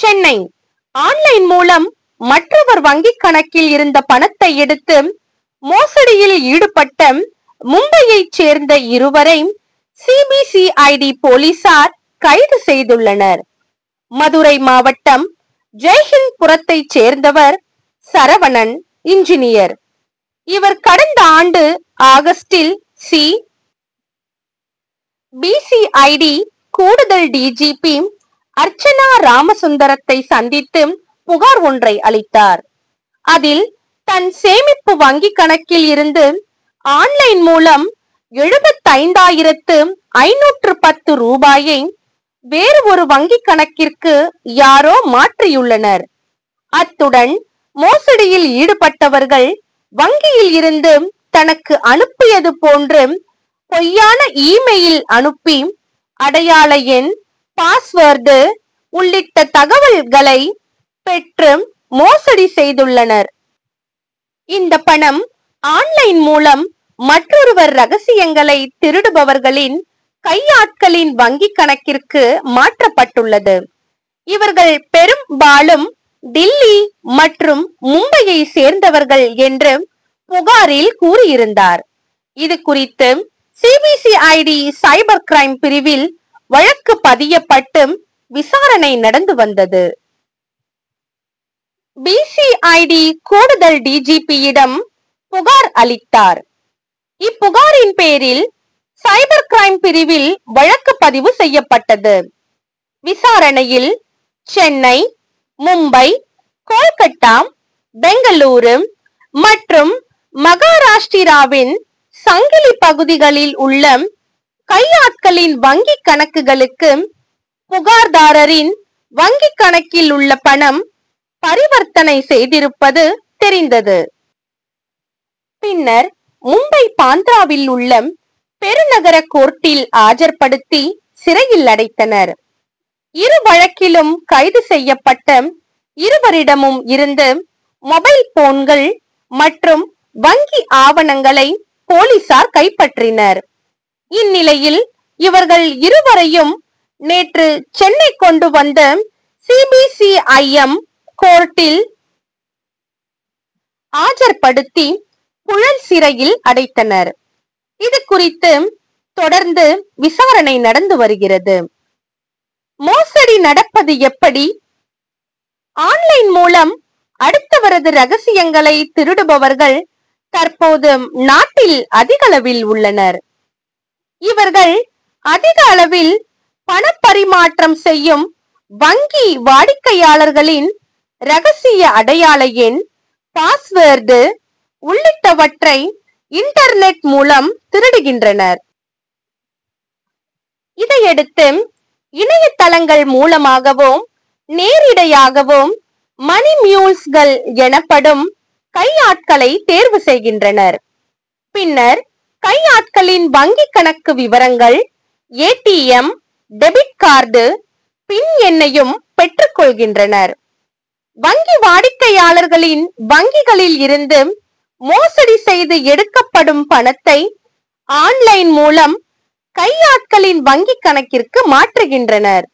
Chennai online மூலம் மற்றவர் வங்கிக் கணக்கில் இருந்த பணத்தை எடுத்து மோசடியில் ஈடுபட்ட மும்பையைச் சேர்ந்த இருவரை, C. B. C. I. D. போலீசார் கைது செய்துள்ளனர். மதுரை மாவட்டம், ஜெய்ஹிந்த்புரத்தைச் சேர்ந்தவர் சரவணன் இன்ஜினியர். இவர், கடந் தாண்டு ஆகஸ்டில் C. B. C. I. D. கூடுதல் டி. ஜி. பி. அர்ச்சனா ராமசுந்தரத்தை சந்தித்து புகார் ஒன்றை அளித்தார். அதில், தன் சேமிப்பு வங்கிக் கணக்கில் இருந்து, ஆன்-லைன் மூலம் எழுபத்தைந்தாயிரத்து ஐநூற்று பத்து ரூபாயை வேறு ஒரு வங்கிக் கணக்கிற்கு யாரோ மாற்றியுள்ளனர். அத்துடன், மோசடியில் ஈடுபட்டவர்கள் வங்கியில் இருந்து தனக்கு அனுப்பியது போன்று பொய்யான இ-மெயில் அனுப்பி, அடையாள எண், பாஸ்வேர்டு உள்ளிட்ட தகவல் களை பெற்று மோசடி செய்துள்ளனர். இந்த பணம் ஆன்-லைன் மூலம் மற்றொருவர் ரகசியங்களை திருடுபவர்களின் கையாட்களின் வங்கிக் கணக்கிற்கு மாற்றப்பட்டுள்ளது. இவர்கள் பெரும் பாலும் டில்லி மற்றும் மும்பையைச் சேர்ந்தவர்கள் என்று புகாரில் கூறியிருந்தார். இதுகுறித்து, C. B. C. I. D. Cyber crime பிரிவில், வழக்கு பதியப்பட்டு விசாரணை நடந்து வந்தது. பி. சி. ஐ. டி.கூடுதல் டி. ஜி. பி.யிடம் புகார் அளித் தார். இப்புகாரின் பேரில் சைபர் கிரைம் பிரிவில் வழக்கு பதிவு செய்யப்பட்டது. விசாரணையில், சென்னை, மும்பை, கோல்கட்டா, பெங்களூரு மற்றும் மகாராஷ்டிராவின் சங்கிலி பகுதிகளில் உள்ள கையாட்களின் வங்கிக் கணக்குகளுக்கு, புகார்தாரரின் வங்கிக்கணக்கில் உள்ள பணம் பரிவர்த்தனை செய்திருப்பது தெரிந்தது. பின்னர், மும்பை, பாந்த்ராவில் உள்ள பெருநகர கோர்ட்டில் ஆஜர்படுத்தி சிறையில் அடைத்தனர். இருவழக்கிலும் கைது செய்யப்பட்ட இருவரிடமும் இருந்து மொபைல் போன்கள் மற்றும் வங்கி ஆவணங்களை போலீசார் கைப்பற்றினர். இந்நிலையில், இவர்கள் இருவரையும் நேற்று சென்னை கொண்டு வந்த சி. பி. சி. ஐ. எம்.கோர்ட்டில் ஆஜர் படுத்தி, புழல் சிறையில் அடைத்தனர். இதுகுறித்து, தொடர்ந்து விசாரணை நடந்து வருகிறது. மோசடி நடப்பது எப்படி? ஆன்-லைன் மூலம் அடுத்தவரது ரகசியங்களை திருடுபவர்கள் தற்போது நாட்டில் அதிகளவில் உள்ளனர். இவர்கள், அதிகளவில் பணப்பரிமாற்றம் செய்யும் வங்கி வாடிக்கையாளர்களின் ரகசிய அடையாள எண், பாஸ் வேர்டு உள்ளிட்டவற்றை இன்டர்நெட் மூலம் திருடுகின்றனர். இதையடுத்து, இணையதளங்கள் மூலமாகவோ, நேரிடையாகவோ மணிமியூல்ஸ்கள் எனப்படும் கையாட்களை தேர்வு செய்கின்றனர். பின்னர் கையாட்களின் வங்கிக் கணக்கு விவரங்கள், A. T. M. Debit card, PIN எண்ணையும் பெற்றுக் கொள்கின்றனர். வங்கி வாடிக்கையாளர்களின் வங்கிகளில் இருந்து மோசடி செய்து எடுக்கப்படும் பணத்தை, ஆன்-லைன் மூலம் கையாட்களின் வங்கிக் கணக்கிற்கு மாற்றுகின்றனர்.